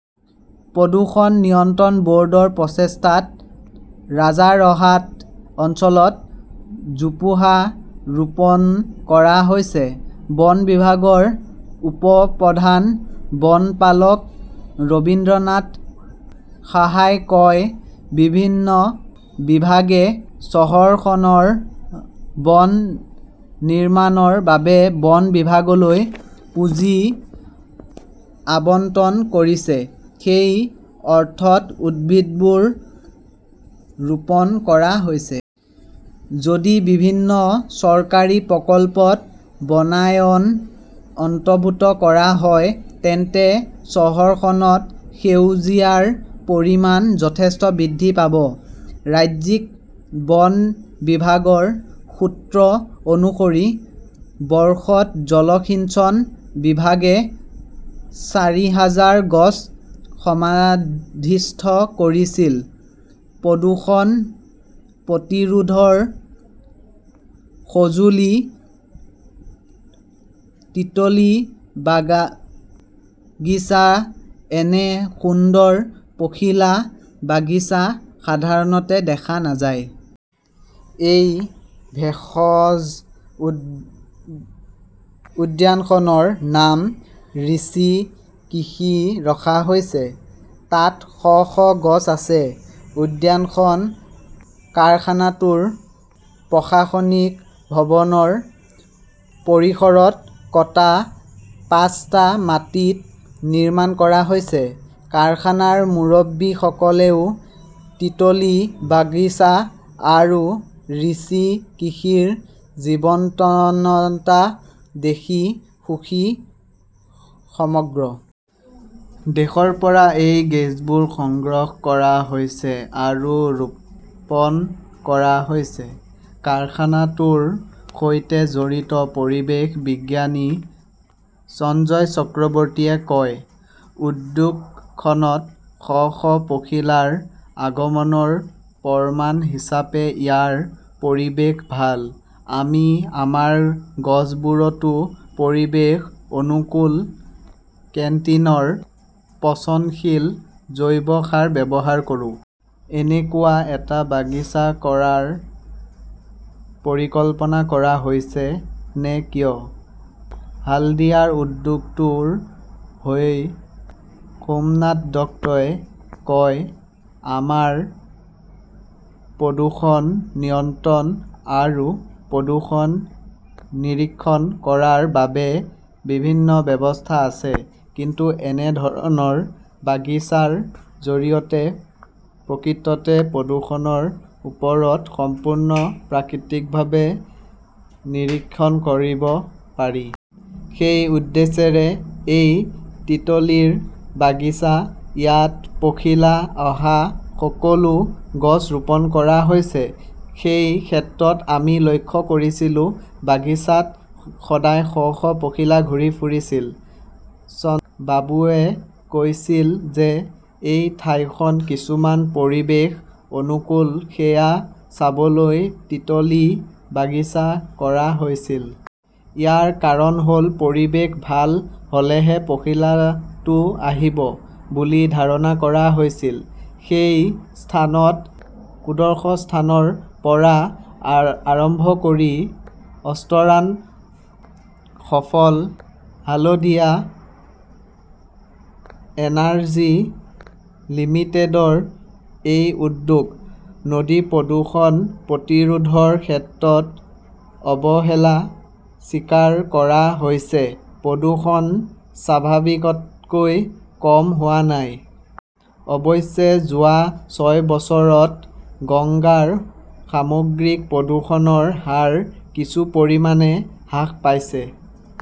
প্ৰদূষণ নিয়ন্ত্ৰণ বৰ্ডৰ প্ৰচেষ্টাত ৰাজাৰহাট অঞ্চলত জোপোহা ৰোপণ কৰা হৈছে। বন বিভাগৰ উপ-প্ৰধান বনপালক ৰবীন্দ্ৰনাথ সাহাই কয়, বিভিন্ন বিভাগে চহৰখনৰ বন নিৰ্মাণৰ বাবে বন বিভাগলৈ পুঁজি আবণ্টন কৰিছে। সেই অৰ্থত উদ্ভিদবোৰ ৰোপণ কৰা হৈছে। যদি বিভিন্ন চৰকাৰী প্ৰকল্পত বনায়ন অন্তৰ্ভুক্ত কৰা হয়, তেন্তে চহৰখনত সেউজীয়াৰ পৰিমাণ যথেষ্ট বৃদ্ধি পাব। ৰাজ্যিক বন বিভাগৰ সূত্ৰ অনুসৰি, বৰ্ষত জলসিঞ্চন বিভাগে চাৰি হাজাৰ গছ সমাধিস্থ কৰিছিল। প্ৰদূষণ প্ৰতিৰোধৰ সঁজুলি 'তিতলী বাগিচা এনে সুন্দৰ পখিলা বাগা গিচা সাধাৰণতে দেখা নাযায়। এই ভেষজ উদ উদ্যানখনৰ নাম ঋষি কৃষি ৰখা হৈছে। তাত শ শ গছ আছে। উদ্যানখন কাৰখানাটোৰ প্ৰশাসনিক ভৱনৰ পৰিসৰত কটা পাঁচটা মাটিত নিৰ্মাণ কৰা হৈছে। কাৰখানাৰ মুৰব্বীসকলেও তিতলী বাগিচা আৰু ঋষি কৃষিৰ জীৱন্ততা দেখি সুখী। সমগ্ৰ দেশৰ পৰা এই গছবোৰ সংগ্ৰহ কৰা হৈছে আৰু ৰোপণ কৰা হৈছে, কাৰখানাটোৰ সৈতে জড়িত পৰিৱেশ বিজ্ঞানী সঞ্জয় চক্ৰৱৰ্তীয়ে কয়। উদ্যানখনত শ শ পখিলাৰ আগমনৰ প্ৰমাণ হিচাপে ইয়াৰ পৰিৱেশ ভাল। আমি আমাৰ গছবোৰতো পৰিৱেশ অনুকূল কেণ্টিনৰ পচনশীল জৈৱ সাৰ ব্যৱহাৰ কৰো। এনেকুৱা এটা বাগিচা কৰাৰ পৰিকল্পনা কৰা হৈছে নে কিয়? হালদিয়াৰ উদ্যোগটোৰ হৈ সোমনাথ দত্তই কয়, আমাৰ প্ৰদূষণ নিয়ন্ত্ৰণ আৰু প্ৰদূষণ নিৰীক্ষণ কৰাৰ বাবে বিভিন্ন ব্যৱস্থা আছে। কিন্তু এনে ধৰণৰ বাগিচাৰ জৰিয়তে প্ৰকৃততে প্ৰদূষণৰ ওপৰত সম্পূৰ্ণ প্ৰাকৃতিকভাৱে নিৰীক্ষণ কৰিব পাৰি। সেই উদ্দেশ্যৰে এই তিতলীৰ বাগিচা। ইয়াত পখিলা অহা সকলো গছ ৰোপণ কৰা হৈছিল। সেই ক্ষেত্ৰত আমি লক্ষ্য কৰিছিলো, বাগিচাত সদায় শ শ পখিলা ঘূৰি ফুৰিছিল। সঞ্জয় বাবুৱে কৈছিল যে এই ঠাইখন কিমান পৰিৱেশ অনুকূল সেয়া চাবলৈ তিতলী বাগিচা কৰা হৈছিল। ইয়াৰ কাৰণ হল পৰিৱেশ ভাল হলেহে পখিলাটো আহিব বুলি ধাৰণা কৰা হৈছিল। সেই স্থানত ষোড়শ স্থানৰ পৰা আৰম্ভ কৰি অষ্টৰাণ সফল হালদিয়া এনাৰ্জি লিমিটেডৰ এই উদ্যোগ। নদী প্ৰদূষণ প্ৰতিৰোধৰ ক্ষেত্ৰত অৱহেলা স্বীকাৰ কৰা হৈছে প্ৰদূষণ স্বাভাৱিকতকৈ কম হোৱা নাই। অৱশ্যে, যোৱা ছয় বছৰত গংগাৰ সামগ্ৰিক প্ৰদূষণৰ হাৰ কিছু পৰিমাণে হ্ৰাস পাইছে।